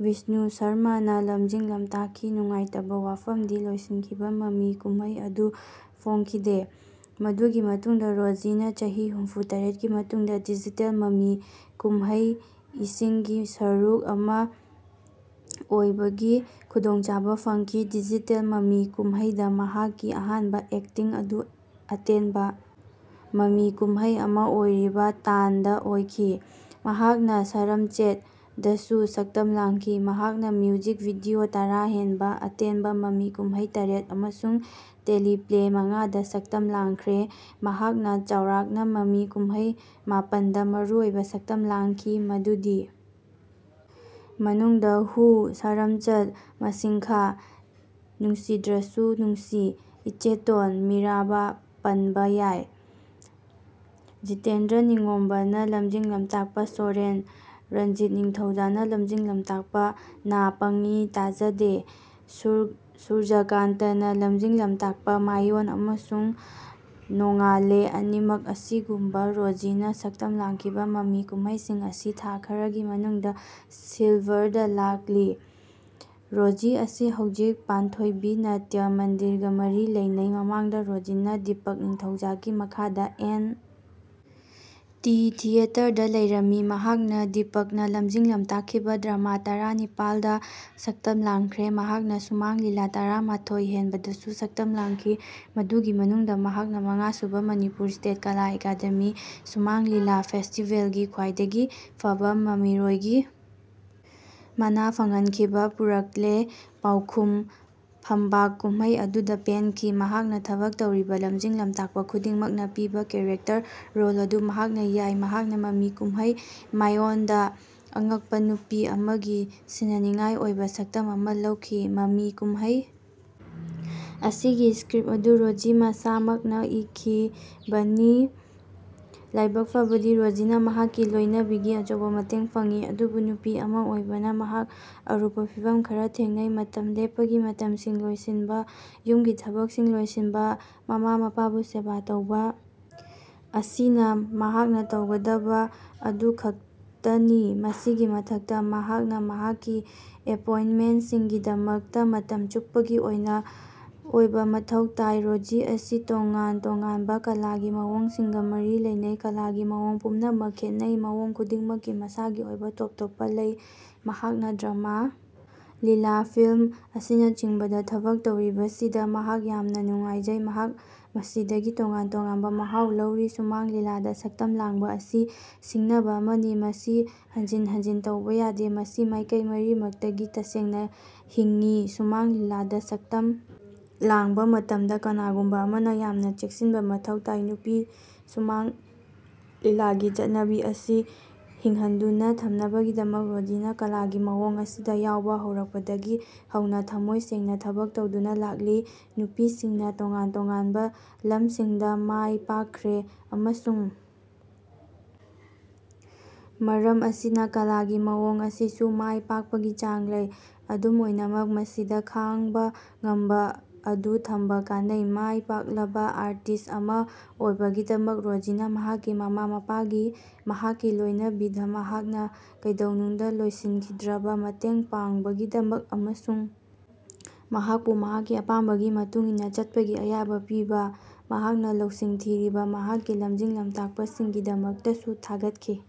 ꯕꯤꯁꯅꯨ ꯁꯔꯃꯥꯅ ꯂꯝꯖꯤꯡ-ꯂꯝꯇꯥꯛꯈꯤ꯫ ꯅꯨꯡꯉꯥꯏꯇꯕ ꯋꯥꯐꯝꯗꯤ ꯂꯣꯏꯁꯤꯟꯈꯤꯕ ꯃꯃꯤ ꯀꯨꯝꯍꯩ ꯑꯗꯨ ꯐꯣꯡꯈꯤꯗꯦ꯫ ꯃꯗꯨꯒꯤ ꯃꯇꯨꯡꯗ ꯔꯣꯖꯤꯅ ꯆꯍꯤ ꯍꯨꯝꯐꯨ ꯇꯔꯦꯠꯀꯤ ꯃꯇꯨꯡꯗ ꯗꯤꯖꯤꯇꯦꯜ ꯃꯃꯤ ꯀꯨꯝꯍꯩꯏꯁꯤꯡꯒꯤ ꯁꯔꯨꯛ ꯑꯃ ꯑꯣꯏꯕꯒꯤ ꯈꯨꯗꯣꯡꯆꯥꯕ ꯐꯪꯈꯤ꯫ ꯗꯤꯖꯤꯇꯦꯜ ꯃꯃꯤ ꯀꯨꯝꯍꯩꯗ ꯃꯍꯥꯛꯀꯤ ꯑꯍꯥꯟꯕ ꯑꯦꯛꯇꯤꯡ ꯑꯗꯨ ꯑꯇꯦꯟꯕ ꯃꯃꯤ ꯀꯨꯝꯍꯩ ꯑꯃ ꯑꯣꯏꯔꯤꯕ 'ꯇꯥꯟ'ꯗ ꯑꯣꯏꯈꯤ꯫ ꯃꯍꯥꯛꯅ "ꯁꯔꯝꯆꯦꯠ"ꯗꯁꯨ ꯁꯛꯇꯝ ꯂꯥꯡꯈꯤ꯫ ꯃꯍꯥꯛꯅ ꯃ꯭ꯌꯨꯖꯤꯛ ꯚꯤꯗꯤꯑꯣ ꯇꯔꯥ ꯍꯦꯟꯕ, ꯑꯇꯦꯟꯕ ꯃꯃꯤ ꯀꯨꯝꯍꯩ ꯇꯔꯦꯠ ꯑꯃꯁꯨꯡ ꯇꯦꯂꯤꯄ꯭ꯂꯦ ꯃꯉꯥꯗ ꯁꯛꯇꯝ ꯂꯥꯡꯈ꯭ꯔꯦ꯫ ꯃꯍꯥꯛꯅ ꯆꯥꯎꯔꯥꯛꯅ ꯃꯃꯤ ꯀꯨꯝꯍꯩ ꯃꯥꯄꯟꯗ ꯃꯔꯨꯑꯣꯏꯕ ꯁꯛꯇꯝ ꯂꯥꯡꯈꯤ꯫ ꯃꯗꯨꯒꯤ ꯃꯅꯨꯡꯗ ꯍꯨ, ꯁꯔꯝꯆꯠ, ꯃꯥꯁꯤꯡꯈꯥ, ꯅꯨꯡꯁꯤꯗ꯭ꯔꯁꯨ ꯅꯨꯡꯁꯤ, ꯏꯆꯦꯇꯣꯟ, ꯃꯤꯔꯥꯕꯥ ꯄꯟꯕ ꯌꯥꯏ꯫ ꯖꯤꯇꯦꯟꯗ꯭ꯔ ꯅꯤꯡꯒꯣꯝꯕꯥꯅ ꯂꯝꯖꯤꯡ-ꯂꯝꯇꯥꯛꯄ 'ꯁꯣꯔꯦꯟ', ꯔꯟꯖꯤꯠ ꯅꯤꯡꯊꯧꯖꯥꯅ ꯂꯝꯖꯤꯡ-ꯂꯝꯇꯥꯛꯄ 'ꯅꯥ ꯄꯪ-ꯏ ꯇꯥꯖꯥꯗꯦ', ꯁꯨꯔꯖꯥꯀꯥꯟꯇꯅ ꯂꯝꯖꯤꯡ-ꯂꯝꯇꯥꯛꯄ 'ꯃꯥꯏ-ꯑꯣꯟ' ꯑꯃꯁꯨꯡ 'ꯅꯣꯡꯉꯥꯜꯂꯦ' ꯑꯅꯤꯃꯛ ꯑꯁꯤꯒꯨꯝꯕ ꯔꯣꯖꯤꯅ ꯁꯛꯇꯝ ꯂꯥꯡꯈꯤꯕ ꯃꯃꯤ ꯀꯨꯝꯍꯩꯁꯤꯡ ꯑꯁꯤ ꯊꯥ ꯈꯔꯒꯤ ꯃꯅꯨꯡꯗ ꯁꯤꯜꯚꯔꯗ ꯂꯥꯛꯂꯤ꯫ ꯔꯣꯖꯤ ꯑꯁꯤ ꯍꯧꯖꯤꯛ ꯄꯥꯟꯊꯣꯏꯕꯤ ꯅꯥꯇ꯭ꯌ ꯃꯟꯗꯤꯔꯒ ꯃꯔꯤ ꯂꯩꯅꯩ꯫ ꯃꯃꯥꯡꯗ ꯔꯣꯖꯤꯅ ꯗꯤꯄꯛ ꯅꯤꯡꯊꯧꯖꯥꯒꯤ ꯃꯈꯥꯗ ꯑꯦꯟ. ꯇꯤ. ꯊꯤꯌꯦꯇꯔꯗ ꯂꯩꯔꯝꯃꯤ꯫ ꯃꯍꯥꯛꯅ ꯗꯤꯄꯛꯅ ꯂꯝꯖꯤꯡ-ꯂꯝꯇꯥꯛꯈꯤꯕ ꯗ꯭ꯔꯃꯥ ꯇꯔꯥ ꯅꯤꯄꯥꯜꯗ ꯁꯛꯇꯝ ꯂꯥꯡꯈ꯭ꯔꯦ꯫ ꯃꯍꯥꯛꯅ ꯁꯨꯃꯥꯡ ꯂꯤꯂꯥ ꯇꯔꯥ ꯃꯊꯣꯏ ꯍꯦꯟꯕꯗꯁꯨ ꯁꯛꯇꯝ ꯂꯥꯡꯈꯤ ꯃꯗꯨꯒꯤ ꯃꯅꯨꯡꯗ ꯃꯍꯥꯛꯅ ꯃꯉꯥꯁꯨꯕ ꯃꯅꯤꯄꯨꯔ ꯁ꯭ꯇꯦꯠ ꯀꯥꯂꯥ ꯑꯦꯀꯥꯗꯦꯃꯤ ꯁꯨꯃꯥꯡ ꯂꯤꯂꯥ ꯐꯦꯁꯇꯤꯕꯦꯜꯒꯤ ꯈ꯭ꯋꯥꯏꯗꯒꯤ ꯐꯕ ꯃꯃꯤꯔꯣꯏꯒꯤ ꯃꯅꯥ ꯐꯪꯍꯟꯈꯤꯕ 'ꯄꯨꯔꯥꯛꯂꯦ ꯄꯥꯎꯈꯨꯝ' ꯐꯝꯕꯥꯛ ꯀꯨꯝꯍꯩ ꯑꯗꯨꯗ ꯄꯦꯟꯈꯤ꯫ ꯃꯍꯥꯛꯅ ꯊꯕꯛ ꯇꯧꯔꯤꯕ ꯂꯝꯖꯤꯡ-ꯂꯝꯇꯥꯛꯄ ꯈꯨꯗꯤꯡꯃꯛꯅ ꯄꯤꯕ ꯀꯦꯔꯦꯛꯇꯔ ꯔꯣꯜ ꯑꯗꯨ ꯃꯍꯥꯛꯅ ꯌꯥꯏ꯫ ꯃꯍꯥꯛꯅ ꯃꯃꯤ ꯀꯨꯝꯍꯩ 'ꯃꯥꯏ-ꯑꯣꯟ'ꯗ ꯑꯉꯛꯄ ꯅꯨꯄꯤ ꯑꯃꯒꯤ ꯁꯤꯡꯅꯅꯤꯡꯉꯥꯏ ꯑꯣꯏꯕ ꯁꯛꯇꯝ ꯑꯃꯥ ꯂꯧꯈꯤ꯫ ꯃꯃꯤ ꯀꯨꯝꯍꯩ ꯑꯁꯤꯒꯤ ꯁ꯭ꯀꯔꯤꯞ ꯑꯗꯨ ꯔꯣꯖꯤ ꯃꯁꯥꯃꯛꯅ ꯏꯈꯤꯕꯅꯤ꯫ ꯂꯥꯏꯕꯛ ꯐꯕꯗꯤ, ꯔꯣꯖꯤꯅ ꯃꯍꯥꯛꯀꯤ ꯂꯣꯏꯅꯕꯤꯒꯤ ꯑꯆꯧꯕ ꯃꯇꯦꯡ ꯐꯪꯉꯤ꯫ ꯑꯗꯨꯕꯨ ꯅꯨꯄꯤ ꯑꯃ ꯑꯣꯏꯕꯅ ꯃꯍꯥꯛ ꯑꯔꯨꯕ ꯐꯤꯚꯝ ꯈꯔ ꯊꯦꯡꯅꯩ꯫ ꯃꯇꯝ ꯂꯦꯞꯄꯒꯤ ꯃꯇꯝꯁꯤꯡ ꯂꯣꯏꯁꯤꯟꯕ, ꯌꯨꯝꯒꯤ ꯊꯕꯛꯁꯤꯡ ꯂꯣꯏꯁꯤꯟꯕ, ꯃꯃꯥ-ꯃꯄꯥꯕꯨ ꯁꯦꯕꯥ ꯇꯧꯕ ꯑꯁꯤꯅ ꯃꯍꯥꯛꯅ ꯇꯧꯒꯗꯕ ꯑꯗꯨꯈꯛꯇꯅꯤ꯫ ꯃꯁꯤꯒꯤ ꯃꯊꯛꯇ, ꯃꯍꯥꯛꯅ ꯃꯍꯥꯛꯀꯤ ꯑꯦꯄꯣꯏꯟꯃꯦꯟ꯭ꯇꯁꯤꯡꯒꯤꯗꯃꯛꯇ ꯃꯇꯝ ꯆꯨꯞꯄꯒꯤ ꯑꯣꯏꯕ ꯃꯊꯧ ꯇꯥꯏ꯫ ꯔꯣꯖꯤ ꯑꯁꯤ ꯇꯣꯉꯥꯟ-ꯇꯣꯉꯥꯟꯕ ꯀꯂꯥꯒꯤ ꯃꯑꯣꯡꯁꯤꯡꯒ ꯃꯔꯤ ꯂꯩꯅꯩ꯫ ꯀꯂꯥꯒꯤ ꯃꯑꯣꯡ ꯄꯨꯝꯅꯃꯛ ꯈꯦꯠꯅꯩ꯫ ꯃꯑꯣꯡ ꯈꯨꯗꯤꯡꯃꯛꯀꯤ ꯃꯁꯥꯒꯤ ꯑꯣꯏꯕ ꯇꯣꯞ-ꯇꯣꯞꯄ ꯂꯩ꯫ ꯃꯍꯥꯛꯅ ꯗ꯭ꯔꯃꯥ, ꯂꯤꯂꯥ, ꯐꯤꯜꯝ ꯑꯁꯤꯅꯆꯤꯡꯕꯗ ꯊꯕꯛ ꯇꯧꯔꯤꯕꯁꯤꯗ ꯃꯍꯥꯛ ꯌꯥꯝꯅ ꯅꯨꯡꯉꯥꯏꯖꯩ꯫ ꯃꯍꯥꯛ ꯃꯁꯤꯗꯒꯤ ꯇꯣꯉꯥꯟ-ꯇꯣꯉꯥꯟꯕ ꯃꯍꯥꯎ ꯂꯧꯔꯤ꯫ ꯁꯨꯃꯥꯡ ꯂꯤꯂꯥꯗ ꯁꯛꯇꯝ ꯂꯥꯡꯕ ꯑꯁꯤ ꯁꯤꯡꯅꯕ ꯑꯃꯅꯤ, ꯃꯁꯤ ꯍꯟꯖꯤꯟ ꯍꯟꯖꯤꯟ ꯇꯧꯕ ꯌꯥꯗꯦ꯫ ꯃꯁꯤ ꯃꯥꯏꯀꯩ ꯃꯔꯤꯃꯛꯇꯒꯤ ꯇꯁꯦꯡꯅ ꯍꯤꯡꯉꯤ꯫ ꯁꯨꯃꯥꯡ ꯂꯤꯂꯥꯗ ꯁꯛꯇꯝ ꯂꯥꯡꯕ ꯃꯇꯝꯗ ꯀꯅꯥꯒꯨꯝꯕ ꯑꯃꯅ ꯌꯥꯝꯅ ꯆꯦꯛꯁꯤꯟꯕ ꯃꯊꯧ ꯇꯥꯏ꯫ ꯅꯨꯄꯤ ꯁꯨꯃꯥꯡ ꯂꯤꯂꯥꯒꯤ ꯆꯠꯅꯕꯤ ꯑꯁꯤ ꯍꯤꯡꯍꯟꯗꯨꯅ ꯊꯝꯅꯕꯒꯤꯗꯃꯛ, ꯔꯣꯖꯤꯅ ꯀꯂꯥꯒꯤ ꯃꯑꯣꯡ ꯑꯁꯤꯗ ꯌꯥꯎꯕ ꯍꯧꯔꯛꯄꯗꯒꯤ ꯍꯧꯅ ꯊꯃꯣꯏ ꯁꯦꯡꯅ ꯊꯕꯛ ꯇꯧꯗꯨꯅ ꯂꯥꯛꯂꯤ꯫ ꯅꯨꯄꯤꯁꯤꯡꯅ ꯇꯣꯉꯥꯟ-ꯇꯣꯉꯥꯟꯕ ꯂꯝꯁꯤꯡꯗ ꯃꯥꯏ ꯄꯥꯛꯈ꯭ꯔꯦ ꯑꯃꯁꯨꯡ ꯃꯔꯝ ꯑꯁꯤꯅ ꯀꯂꯥꯒꯤ ꯃꯑꯣꯡ ꯑꯁꯤꯁꯨ ꯃꯥꯏ ꯄꯥꯛꯄꯒꯤ ꯆꯥꯡ ꯂꯩ꯫ ꯑꯗꯨꯝ ꯑꯣꯏꯅꯃꯛ, ꯃꯁꯤꯗ ꯈꯥꯡꯕ ꯉꯝꯕ ꯑꯗꯨ ꯊꯝꯕ ꯀꯥꯟꯅꯩ꯫ ꯃꯥꯏ ꯄꯥꯛꯂꯕ ꯑꯥꯔꯇꯤꯁ ꯑꯃꯥ ꯑꯣꯏꯕꯒꯤꯗꯃꯛ ꯔꯣꯖꯤꯅ ꯃꯍꯥꯛꯀꯤ ꯃꯃꯥ-ꯃꯄꯥꯒꯤ, ꯃꯍꯥꯛꯀꯤ ꯂꯣꯏꯅꯕꯤꯗ ꯃꯍꯥꯛꯅ ꯀꯩꯗꯧꯅꯨꯡꯗ ꯂꯣꯏꯁꯤꯟꯗ꯭ꯔꯤꯕ ꯃꯇꯦꯡ ꯄꯥꯡꯕꯒꯤꯗꯃꯛ ꯑꯃꯁꯨꯡ ꯃꯍꯥꯛꯄꯨ ꯃꯍꯥꯛꯀꯤ ꯑꯄꯥꯝꯕꯒꯤ ꯃꯇꯨꯡ ꯏꯟꯅ ꯆꯠꯄꯒꯤ ꯑꯌꯥꯕ ꯄꯤꯕ, ꯃꯍꯥꯛꯅ ꯂꯧꯁꯤꯡ ꯊꯤꯔꯤꯕ ꯃꯍꯥꯛꯀꯤ ꯂꯝꯖꯤꯡ-ꯂꯝꯇꯥꯛꯄꯁꯤꯡꯒꯤꯗꯃꯛꯇꯁꯨ ꯊꯥꯒꯠꯈꯤ꯫